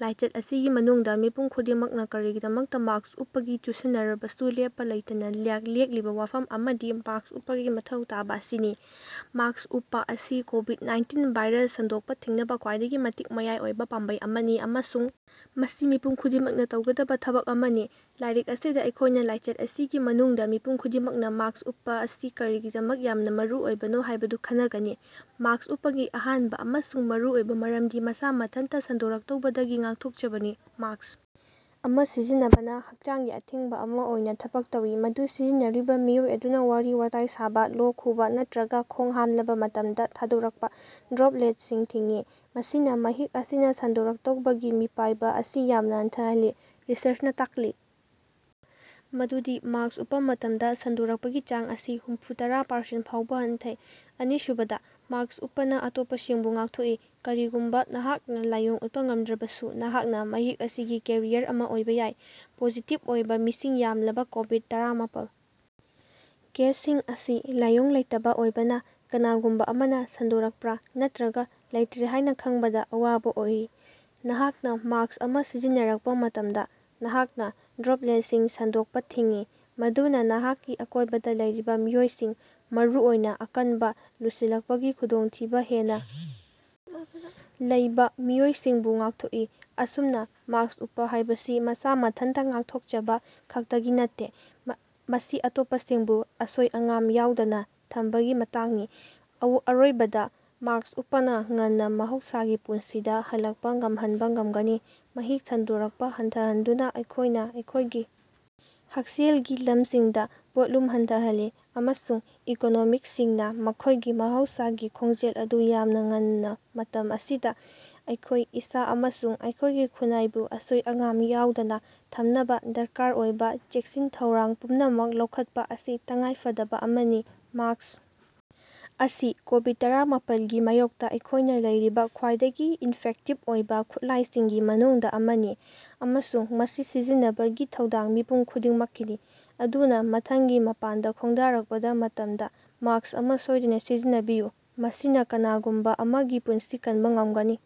ꯂꯥꯏꯆꯠ ꯑꯁꯤꯒꯤ ꯃꯅꯨꯡꯗ ꯃꯤꯄꯨꯝ ꯈꯨꯗꯤꯡꯃꯛꯅ ꯀꯔꯤꯒꯤꯗꯃꯛꯇ ꯃꯥꯁ꯭ꯛ ꯎꯞꯄꯒꯤ ꯆꯨꯁꯤꯟꯅꯔꯕꯁꯨ ꯂꯦꯞꯄ ꯂꯩꯇꯅ ꯂꯦꯛꯂꯤꯕ ꯋꯥꯐꯝ ꯑꯃꯗꯤ ꯃꯥꯁ꯭ꯛ ꯎꯞꯄꯒꯤ ꯃꯊꯧ ꯇꯥꯕ ꯑꯁꯤꯅꯤ꯫ ꯃꯥꯁ꯭ꯛ ꯎꯞꯄ ꯑꯁꯤ ꯀꯣꯕꯤꯗ-ꯅꯥꯏꯟꯇꯤꯟ ꯚꯥꯏꯔꯁ ꯁꯟꯗꯣꯔꯛꯄ ꯊꯤꯡꯅꯕ ꯈ꯭ꯋꯥꯏꯗꯒꯤ ꯃꯇꯤꯛ ꯃꯌꯥꯏ ꯑꯣꯏꯕ ꯄꯥꯝꯕꯩ ꯑꯃꯅꯤ, ꯑꯃꯁꯨꯡ ꯃꯁꯤ ꯃꯤꯄꯨꯝ ꯈꯨꯗꯤꯡꯃꯛꯅ ꯇꯧꯒꯗꯕ ꯊꯕꯛ ꯑꯃꯅꯤ꯫ ꯂꯥꯏꯔꯤꯛ ꯑꯁꯤꯗ ꯑꯩꯈꯣꯏꯅ ꯂꯥꯏꯆꯠ ꯑꯁꯤꯒꯤ ꯃꯅꯨꯡꯗ ꯃꯤꯄꯨꯝ ꯈꯨꯗꯤꯡꯃꯛꯅ ꯃꯥꯁ꯭ꯛ ꯎꯞꯄ ꯑꯁꯤ ꯀꯔꯤꯒꯤꯗꯃꯛ ꯌꯥꯝꯅ ꯃꯔꯨꯑꯣꯏꯕꯅꯣ ꯍꯥꯏꯕꯗꯨ ꯈꯟꯅꯒꯅꯤ꯫ ꯃꯥꯁ꯭ꯛ ꯎꯞꯄꯒꯤ ꯑꯍꯥꯟꯕ ꯑꯃꯁꯨꯡ ꯃꯔꯨꯑꯣꯏꯕ ꯃꯔꯝꯗꯤ ꯃꯁꯥ ꯃꯊꯟꯇ ꯁꯟꯗꯣꯔꯛꯇꯧꯕꯗꯒꯤ ꯉꯥꯛꯊꯣꯛꯆꯕꯅꯤ꯫ ꯃꯥꯁ꯭ꯛ ꯑꯃ ꯁꯤꯖꯤꯟꯅꯕꯅ ꯍꯛꯆꯥꯡꯒꯤ ꯑꯊꯤꯡꯕ ꯑꯃ ꯑꯣꯏꯅ ꯊꯕꯛ ꯇꯧꯏ, ꯃꯗꯨ ꯁꯤꯖꯤꯟꯅꯔꯤꯕ ꯃꯤꯑꯣꯏ ꯑꯗꯨꯅ ꯋꯥꯔꯤ-ꯋꯥꯇꯥꯏ ꯁꯥꯕ, ꯂꯣꯛ ꯈꯨꯕ ꯅꯠꯇ꯭ꯔꯒ ꯈꯣꯡ ꯍꯥꯝꯂꯕ ꯃꯇꯝꯗ ꯊꯥꯗꯣꯔꯛꯄ ꯗ꯭ꯔꯣꯄꯂꯦꯠꯁꯤꯡ ꯊꯤꯡꯏ꯫ ꯃꯁꯤꯅ ꯃꯍꯤꯛ ꯑꯁꯤꯅ ꯁꯟꯗꯣꯔꯛꯇꯧꯕꯒꯤ ꯃꯤꯄꯥꯏꯕ ꯑꯁꯤ ꯌꯥꯝꯅ ꯍꯟꯊꯍꯜꯂꯤ꯫ ꯔꯤꯁꯔꯆꯅ ꯇꯥꯛꯂꯤ ꯃꯗꯨꯗꯤ ꯃꯥꯁ꯭ꯛ ꯎꯞꯄ ꯃꯇꯝꯗ ꯁꯟꯗꯣꯛꯄꯒꯤ ꯆꯥꯡ ꯑꯁꯤ ꯍꯨꯝꯐꯨꯇꯔꯥ ꯄꯥꯔꯁꯦꯟꯠ ꯐꯥꯎꯕ ꯍꯟꯊꯩ꯫ ꯑꯅꯤꯁꯨꯕꯗ, ꯃꯥꯁ꯭ꯛ ꯎꯞꯄꯅ ꯑꯇꯣꯞꯄꯁꯤꯡꯕꯨ ꯉꯥꯛꯊꯣꯛꯏ꯫ ꯀꯔꯤꯒꯨꯝꯕ ꯅꯍꯥꯛꯅ ꯂꯥꯏꯑꯣꯡ ꯎꯠꯄ ꯉꯝꯗ꯭ꯔꯕꯁꯨ, ꯅꯍꯥꯛꯅ ꯃꯍꯤꯛ ꯑꯁꯤꯒꯤ ꯀꯦꯔꯤꯌꯔ ꯑꯃ ꯑꯣꯏꯕ ꯌꯥꯏ꯫ ꯄꯣꯖꯤꯇꯤꯕ ꯑꯣꯏꯕ ꯃꯁꯤꯡ ꯌꯥꯝꯂꯕ ꯀꯣꯕꯤꯗ-ꯇꯔꯥꯃꯥꯄꯜ ꯀꯦꯁꯁꯤꯡ ꯑꯁꯤ ꯂꯥꯏꯑꯣꯡ ꯂꯩꯇꯕ ꯑꯣꯏꯕꯅ ꯀꯅꯥꯒꯨꯝꯕ ꯑꯃꯅ ꯁꯟꯗꯣꯛꯄ꯭ꯔ ꯅꯠꯇ꯭ꯔꯒ ꯂꯩꯇ꯭ꯔꯦ ꯍꯥꯏꯕ ꯈꯪꯕꯗ ꯑꯋꯥꯕ ꯑꯣꯏꯔꯤ꯫ ꯅꯍꯥꯛꯅ ꯃꯥꯁ꯭ꯛ ꯑꯃ ꯁꯤꯖꯤꯟꯅꯔꯛꯄ ꯃꯇꯝꯗ, ꯅꯍꯥꯛꯅ ꯗ꯭ꯔꯣꯄꯂꯦꯠꯁꯤꯡ ꯁꯟꯗꯣꯛꯄ ꯊꯤꯡꯏ, ꯃꯗꯨꯅ ꯅꯍꯥꯛꯀꯤ ꯑꯀꯣꯏꯕꯗ ꯂꯩꯔꯤꯕ ꯃꯤꯑꯣꯏꯁꯤꯡ, ꯃꯔꯨꯑꯣꯏꯅ ꯑꯀꯟꯕ ꯂꯨꯁꯤꯜꯂꯛꯄꯒꯤ ꯈꯨꯗꯣꯡꯊꯤꯕ ꯍꯦꯟꯅ ꯂꯩꯕ ꯃꯤꯑꯣꯏꯁꯤꯡꯕꯨ ꯉꯥꯛꯊꯣꯛꯏ꯫ ꯑꯁꯨꯝꯅ, ꯃꯥꯁ꯭ꯛ ꯎꯞꯄ ꯍꯥꯏꯕꯁꯤ ꯃꯁꯥ ꯃꯊꯟꯇ ꯉꯥꯛꯊꯣꯛꯆꯕ ꯈꯛꯇꯒꯤ ꯅꯠꯇꯦ, ꯃꯁꯤ ꯑꯇꯣꯞꯄꯁꯤꯡꯕꯨ ꯑꯁꯣꯏ ꯑꯉꯥꯝ ꯌꯥꯑꯣꯗꯅ ꯊꯝꯕꯒꯤ ꯃꯇꯥꯡꯅꯤ꯫ ꯑꯔꯣꯏꯕꯗ ꯃꯥꯁ꯭ꯛ ꯎꯞꯄꯅ ꯉꯟꯅ ꯃꯍꯧꯁꯥꯒꯤ ꯄꯨꯟꯁꯤꯗ ꯍꯜꯂꯛꯄ ꯉꯝꯍꯟꯕ ꯉꯝꯒꯅꯤ꯫ ꯃꯍꯤꯛ ꯁꯟꯗꯣꯔꯛꯄ ꯍꯟꯊꯍꯟꯗꯨꯅ ꯑꯩꯈꯣꯏꯅ ꯑꯩꯈꯣꯏꯒꯤ ꯍꯛꯁꯦꯜꯒꯤ ꯂꯝꯁꯤꯡꯗ ꯄꯣꯠꯂꯨꯝ ꯍꯟꯊꯍꯜꯂꯤ, ꯑꯃꯁꯨꯡ ꯏꯀꯣꯅꯣꯃꯤꯁꯤꯡꯅ ꯃꯈꯣꯏꯒꯤ ꯃꯍꯧꯁꯥꯒꯤ ꯈꯣꯡꯖꯦꯜ ꯑꯗꯨ ꯌꯥꯝꯅ ꯉꯟꯅ ꯃꯇꯝ ꯑꯁꯤꯗ, ꯑꯩꯈꯣꯏ ꯏꯁꯥ ꯑꯃꯁꯨꯡ ꯑꯩꯈꯣꯏꯒꯤ ꯈꯨꯟꯅꯥꯏꯕꯨ ꯑꯁꯣꯏ ꯑꯉꯥꯝ ꯌꯥꯑꯣꯗꯅ ꯊꯝꯅꯕ ꯗꯔꯀꯥꯔ ꯑꯣꯏꯕ ꯆꯦꯛꯁꯤꯟ ꯊꯧꯔꯥꯡ ꯄꯨꯝꯅꯃꯛ ꯂꯧꯈꯠꯄ ꯑꯁꯤ ꯇꯉꯥꯏꯐꯗꯕ ꯑꯃꯅꯤ꯫ ꯃꯥꯁ꯭ꯛ ꯑꯁꯤ ꯀꯣꯕꯤꯗ- ꯇꯔꯥꯃꯥꯄꯜ ꯒꯤ ꯃꯥꯌꯣꯛꯇ ꯑꯩꯈꯣꯏꯅ ꯂꯩꯔꯤꯕ ꯈ꯭ꯋꯥꯏꯗꯒꯤ ꯏꯐꯦꯛꯇꯤꯕ ꯑꯣꯏꯕ ꯈꯨꯠꯂꯥꯏꯁꯤꯡꯒꯤ ꯃꯅꯨꯡꯗ ꯑꯃꯅꯤ, ꯑꯃꯁꯨꯡ ꯃꯁꯤ ꯁꯤꯖꯤꯟꯅꯕꯒꯤ ꯊꯧꯗꯥꯡ ꯃꯤꯄꯨꯝ ꯈꯨꯗꯤꯡꯃꯛꯀꯤꯅꯤ꯫ ꯑꯗꯨꯅ ꯃꯊꯪꯒꯤ ꯃꯄꯥꯟꯗ ꯈꯣꯡꯗꯥꯔꯛꯄ ꯃꯇꯝꯗ, ꯃꯥꯁ꯭ꯛ ꯑꯃ ꯁꯣꯏꯗꯅ ꯁꯤꯖꯤꯟꯅꯕꯤꯌꯨ – ꯃꯁꯤꯅ ꯀꯅꯥꯒꯨꯝꯕ ꯑꯃꯒꯤ ꯄꯨꯟꯁꯤ ꯀꯟꯕ ꯉꯝꯒꯅꯤ꯫